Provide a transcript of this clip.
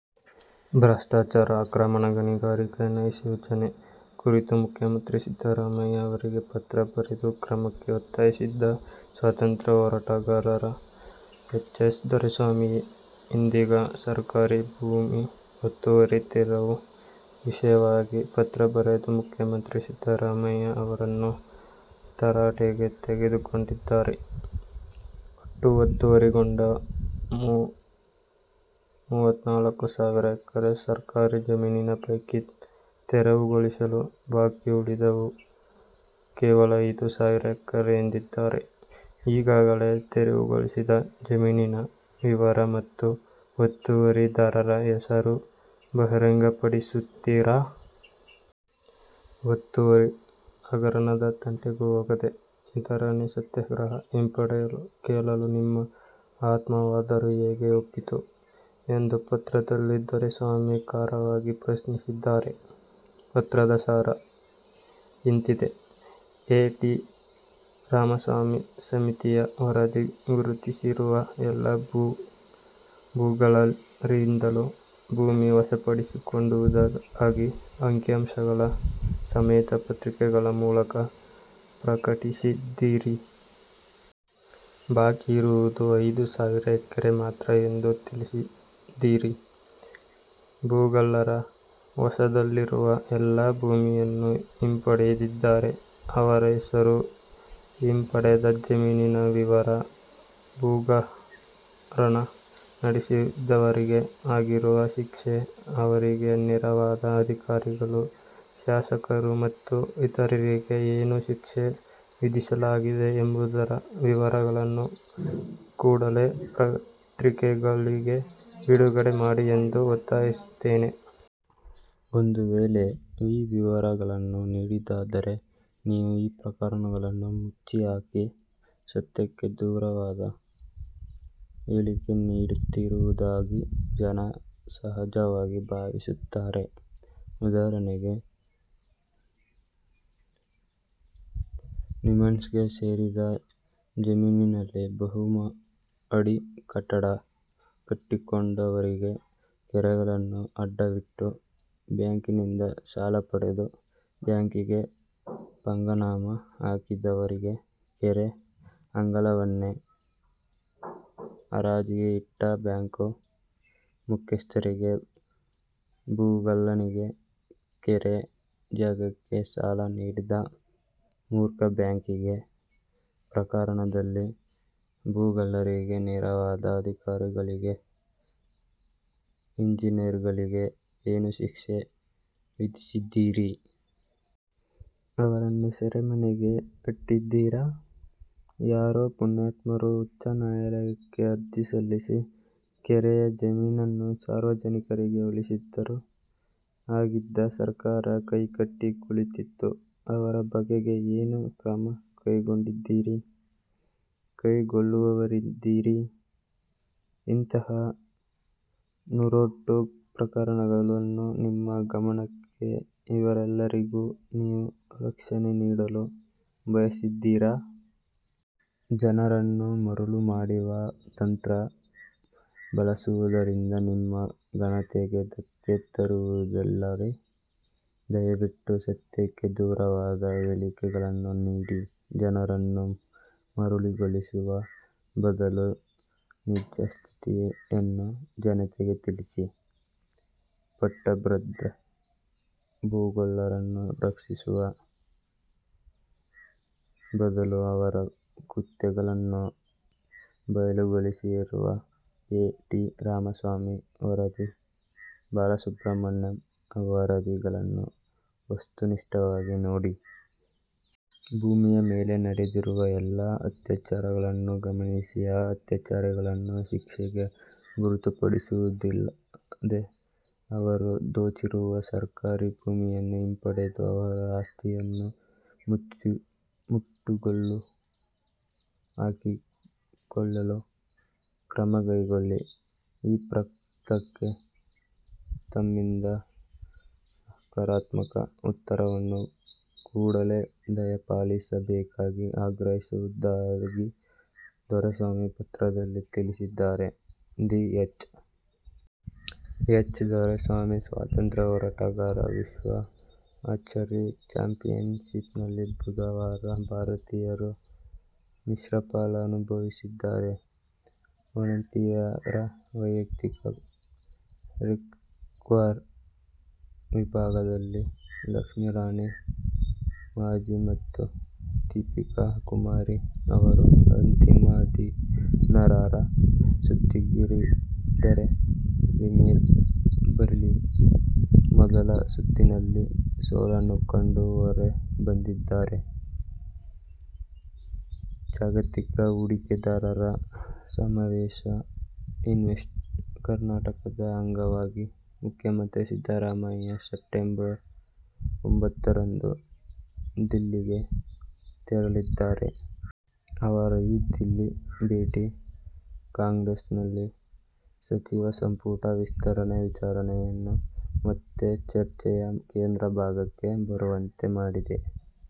ಭ್ರಷ್ಟಾಚಾರ, ಅಕ್ರಮ ಗಣಿಗಾರಿಕೆ, ನೈಸ್ ಯೋಜನೆ ಕುರಿತು ಮುಖ್ಯಮಂತ್ರಿ ಸಿದ್ದರಾಮಯ್ಯ ಅವರಿಗೆ ಪತ್ರ ಬರೆದು ಕ್ರಮಕ್ಕೆ ಒತ್ತಾಯಿಸಿದ್ದ ಸ್ವಾತಂತ್ರ್ಯ ಹೋರಾಟಗಾರ ಎಚ್. ಎಸ್. ದೊರೆಸ್ವಾಮಿ, ಇದೀಗ ಸರ್ಕಾರಿ ಭೂಮಿ ಒತ್ತುವರಿ ತೆರವು ವಿಷಯವಾಗಿ ಪತ್ರ ಬರೆದು ಮುಖ್ಯಮಂತ್ರಿ ಸಿದ್ದರಾಮಯ್ಯ ಅವರನ್ನು ತರಾಟೆಗೆ ತೆಗೆದುಕೊಂಡಿದ್ದಾರೆ. ಒಟ್ಟು ಒತ್ತುವರಿಗೊಂಡ ಮೂವತ್ನಾಲ್ಕು ಸಾವಿರ ಎಕರೆ ಸರ್ಕಾರಿ ಜಮೀನಿನ ಪೈಕಿ ತೆರವುಗೊಳಿಸಲು ಬಾಕಿ ಉಳಿದಿರುವುದು ಕೇವಲ ಐದು ಸಾವಿರ ಎಕರೆ ಎಂದಾದರೆ, ಈಗಾಗಲೇ ತೆರವುಗೊಳಿಸಿದ ಜಮೀನಿನ ವಿವರ ಮತ್ತು ಒತ್ತುವರಿದಾರರ ಹೆಸರು ಬಹಿರಂಗಪಡಿಸುತ್ತೀರಾ? ಒತ್ತುವರಿ ಹಗರಣದ ತಂಟೆಗೂ ಹೋಗದೆ ಧರಣಿ ಸತ್ಯಾಗ್ರಹ ಹಿಂಪಡೆಯಲು ಕೇಳಲು ನಿಮ್ಮ ಆತ್ಮವಾದರೂ ಹೇಗೆ ಒಪ್ಪಿತು ಎಂದು ಪತ್ರದಲ್ಲಿ ದೊರೆಸ್ವಾಮಿ ಖಾರವಾಗಿ ಪ್ರಶ್ನಿಸಿದ್ದಾರೆ. ಪತ್ರದ ಸಾರ ಇಂತಿದೆ: ಎ. ಟಿ. ರಾಮಸ್ವಾಮಿ ಸಮಿತಿಯ ವರದಿ ಗುರುತಿಸಿರುವ ಎಲ್ಲ ಭೂಗಳ್ಳರಿಂದಲೂ ಭೂಮಿ ವಶಪಡಿಸಿಕೊಂಡಿರುವುದಾಗಿ ಅಂಕಿ-ಅಂಶಗಳ ಸಮೇತ ಪತ್ರಿಕೆಗಳ ಮೂಲಕ ಪ್ರಕಟಿಸಿದ್ದೀರಿ. ಬಾಕಿ ಇರುವುದು ಐದು ಸಾವಿರ ಎಕರೆ ಮಾತ್ರ ಎಂದು ತಿಳಿಸಿದ್ದೀರಿ. ಭೂಗಳ್ಳರ ವಶದಲ್ಲಿರುವ ಎಲ್ಲ ಭೂಮಿಯನ್ನೂ ಹಿಂಪಡೆದಿದ್ದರೆ ಅವರ ಹೆಸರು, ಹಿಂಪಡೆದ ಜಮೀನಿನ ವಿವರ, ಭೂಹಗರಣ ನಡೆಸಿದವರಿಗೆ ಆಗಿರುವ ಶಿಕ್ಷೆ, ಅವರಿಗೆ ನೆರವಾದ ಅಧಿಕಾರಿಗಳು, ಶಾಸಕರು ಮತ್ತು ಇತರರಿಗೆ ಏನು ಶಿಕ್ಷೆ ವಿಧಿಸಲಾಗಿದೆ ಎಂಬುದರ ವಿವರಗಳನ್ನು ಕೂಡಲೆ ಪತ್ರಿಕೆಗಳಿಗೆ ಬಿಡುಗಡೆ ಮಾಡಿ ಎಂದು ಒತ್ತಾಯಿಸುತ್ತೇನೆ. ಒಂದು ವೇಳೆ ಈ ವಿವರಗಳನ್ನು ನೀಡದಿದ್ದರೆ ನೀವು ಈ ಪ್ರಕರಣಗಳನ್ನು ಮುಚ್ಚಿ ಹಾಕಿ, ಸತ್ಯಕ್ಕೆ ದೂರವಾದ ಹೇಳಿಕೆ ನೀಡುತ್ತಿರುವುದಾಗಿ ಜನ ಸಹಜವಾಗಿ ಭಾವಿಸುತ್ತಾರೆ. ಉದಾಹರಣೆಗೆ, ನಿಮ್ಹಾನ್ಸ್ಗೆ ಸೇರಿದ ಜಮೀನಿನಲ್ಲಿ ಬಹುಮಹಡಿ ಕಟ್ಟಡ ಕಟ್ಟಿಕೊಂಡವರಿಗೆ, ಕೆರೆಗಳನ್ನು ಅಡವಿಟ್ಟು ಬ್ಯಾಂಕಿನಿಂದ ಸಾಲಪಡೆದು, ಬ್ಯಾಂಕಿಗೆ ಪಂಗನಾಮ ಹಾಕಿದವರಿಗೆ, ಕೆರೆ ಅಂಗಳವನ್ನೇ ಹರಾಜಿಗೆ ಇಟ್ಟ ಬ್ಯಾಂಕ್ ಮುಖ್ಯಸ್ಥರಿಗೆ, ಭೂಗಳ್ಳನಿಗೆ, ಕೆರೆ ಜಾಗಕ್ಕೆ ಸಾಲ ನೀಡಿದ ಮೂರ್ಖ ಬ್ಯಾಂಕಿಗೆ, ಪ್ರಕರಣದಲ್ಲಿ ಭೂಗಳ್ಳರಿಗೆ ನೆರವಾದ ಅಧಿಕಾರಿಗಳಿಗೆ, ಇಂಜಿನಿಯರ್ಗಳಿಗೆ ಏನು ಶಿಕ್ಷೆ ವಿಧಿಸಿದ್ದೀರಿ? ಅವರನ್ನು ಸೆರೆಮನೆಗೆ ಅಟ್ಟಿದ್ದೀರಾ? ಯಾರೋ ಪುಣ್ಯಾತ್ಮರು ಉಚ್ಚ ನ್ಯಾಯಾಲಯಕ್ಕೆ ಅರ್ಜಿ ಸಲ್ಲಿಸಿ, ಕೆರೆಯ ಜಮೀನನ್ನು ಸಾರ್ವಜನಿಕರಿಗೆ ಉಳಿಸಿದರು. ಆಗಿದ್ದ ಸರ್ಕಾರ ಕೈಕಟ್ಟಿ ಕೂತಿತ್ತು. ಅವರ ಬಗೆಗೆ ಏನು ಕ್ರಮ ಕೈಗೊಂಡಿದ್ದೀರಿ? ಕೈಗೊಳ್ಳುವವರಿದ್ದೀರಿ? ಇಂತಹ ನೂರೆಂಟು ಪ್ರಕರಣಗಳನ್ನು ನಿಮ್ಮ ಗಮನಕ್ಕೆ, ಇವರೆಲ್ಲರಿಗೂ ನೀವು ರಕ್ಷಣೆ ನೀಡಲು ಬಯಸಿದ್ದೀರಾ? ಜನರನ್ನು ಮರುಳು ಮಾಡುವ ತಂತ್ರ ಬಳಸುವುದರಿಂದ ನಿಮ್ಮ ಘನತೆಗೆ ಧಕ್ಕೆ ತರುವುದಿಲ್ಲವೇ? ದಯವಿಟ್ಟು ಸತ್ಯಕ್ಕೆ ದೂರವಾದ ಹೇಳಿಕೆ ಗಳನ್ನು ನೀಡಿ ಜನರನ್ನು ಮರುಳುಗೊಳಿಸುವ ಬದಲು, ನಿಜಸ್ಥಿತಿಯನ್ನು ಜನತೆಗೆ ತಿಳಿಸಿ. ಪಟ್ಟಭದ್ರ ಭೂಗಳ್ಳರನ್ನು ರಕ್ಷಿಸುವ ಬದಲು, ಅವರ ಕೃತ್ಯಗಳನ್ನು ಬಯಲುಗೊಳಿಸಿರುವ ಎ. ಟಿ. ರಾಮಸ್ವಾಮಿ ವರದಿ, ಬಾಲಸುಬ್ರಹ್ಮಣ್ಯಂ ವರದಿಗಳನ್ನು ವಸ್ತುನಿಷ್ಠವಾಗಿ ನೋಡಿ. ಭೂಮಿಯ ಮೇಲೆ ನಡೆದಿರುವ ಎಲ್ಲ ಅತ್ಯಾಚಾರಗಳನ್ನೂ ಗಮನಿಸಿ ಆ ಅತ್ಯಾಚಾರಿಗಳನ್ನು ಶಿಕ್ಷೆಗೆ ಗುರಿಪಡಿಸುವುದಲ್ಲದೆ, ಅವರು ದೋಚಿರುವ ಸರ್ಕಾರಿ ಭೂಮಿಯನ್ನು ಹಿಂಪಡೆದು ಅವರ ಆಸ್ತಿಯನ್ನು ಮುಟ್ಟುಗೋಲು ಹಾಕಿಕೊಳ್ಳಲು ಕ್ರಮಕೈಗೊಳ್ಳಿ. ಈ ಪತ್ರಕ್ಕೆ ತಮ್ಮಿಂದ ಸಕಾರಾತ್ಮಕ ಉತ್ತರವನ್ನು ಕೂಡಲೇ ದಯಪಾಲಿಸಬೇಕಾಗಿ ಆಗ್ರಹಿಸುವುದಾಗಿ ದೊರೆಸ್ವಾಮಿ ಪತ್ರದಲ್ಲಿ ತಿಳಿಸಿದ್ದಾರೆ. ಧಿ- ಎಚ್. ಎಸ್. ದೊರೆಸ್ವಾಮಿ ಸ್ವಾತಂತ್ರ್ಯ ಹೋರಾಟಗಾರ ವಿಶ್ವ ಆರ್ಚರಿ ಚಾಂಪಿಯನ್ಶಿಪ್ನಲ್ಲಿ ಬುಧವಾರ ಭಾರತೀಯರು ಮಿಶ್ರಫಲ ಅನುಭವಿಸಿದ್ದಾರೆ. ವನಿತೆಯರ ವೈಯಕ್ತಿಕ ರಿಕರ್ವ್ ವಿಭಾಗದಲ್ಲಿ ಲಕ್ಷ್ಮೀರಾಣಿ ಮಜ್ಹಿ ಮತ್ತು ದೀಪಿಕಾ ಕುಮಾರಿ ಅವರು ಅಂತಿಮ ಹದಿನಾರರ ಸುತ್ತಿಗೇರಿದರೆ ರಿಮಿಲ್ ಬರೀಲಿ ಮೊದಲ ಸುತ್ತಿನಲ್ಲಿ ಸೋಲನ್ನು ಕಂಡು ಹೊರಬಿದ್ದಿದ್ದಾರೆ. ಜಾಗತಿಕ ಹೂಡಿಕೆದಾರರ ಸಮಾವೇಶ ಇನ್ವೆಸ್ಟ್ ಕರ್ನಾಟಕದ ಅಂಗವಾಗಿ ಮುಖ್ಯಮಂತ್ರಿ ಸಿದ್ದರಾಮಯ್ಯ ಸೆಪ್ಟಂಬರ್ ಒಂಬತ್ತರಂದು ದಿಲ್ಲಿಗೆ ತೆರಳಲಿದ್ದಾರೆ. ಅವರ ಈ ದಿಲ್ಲಿ ಭೇಟಿ ಕಾಂಗ್ರೆಸ್ನಲ್ಲಿ ಸಚಿವ ಸಂಪುಟ ವಿಸ್ತರಣೆ ವಿಚಾರವನ್ನು ಮತ್ತೆ ಚರ್ಚೆಯ ಕೇಂದ್ರ ಭಾಗಕ್ಕೆ ಬರುವಂತೆ ಮಾಡಿದೆ.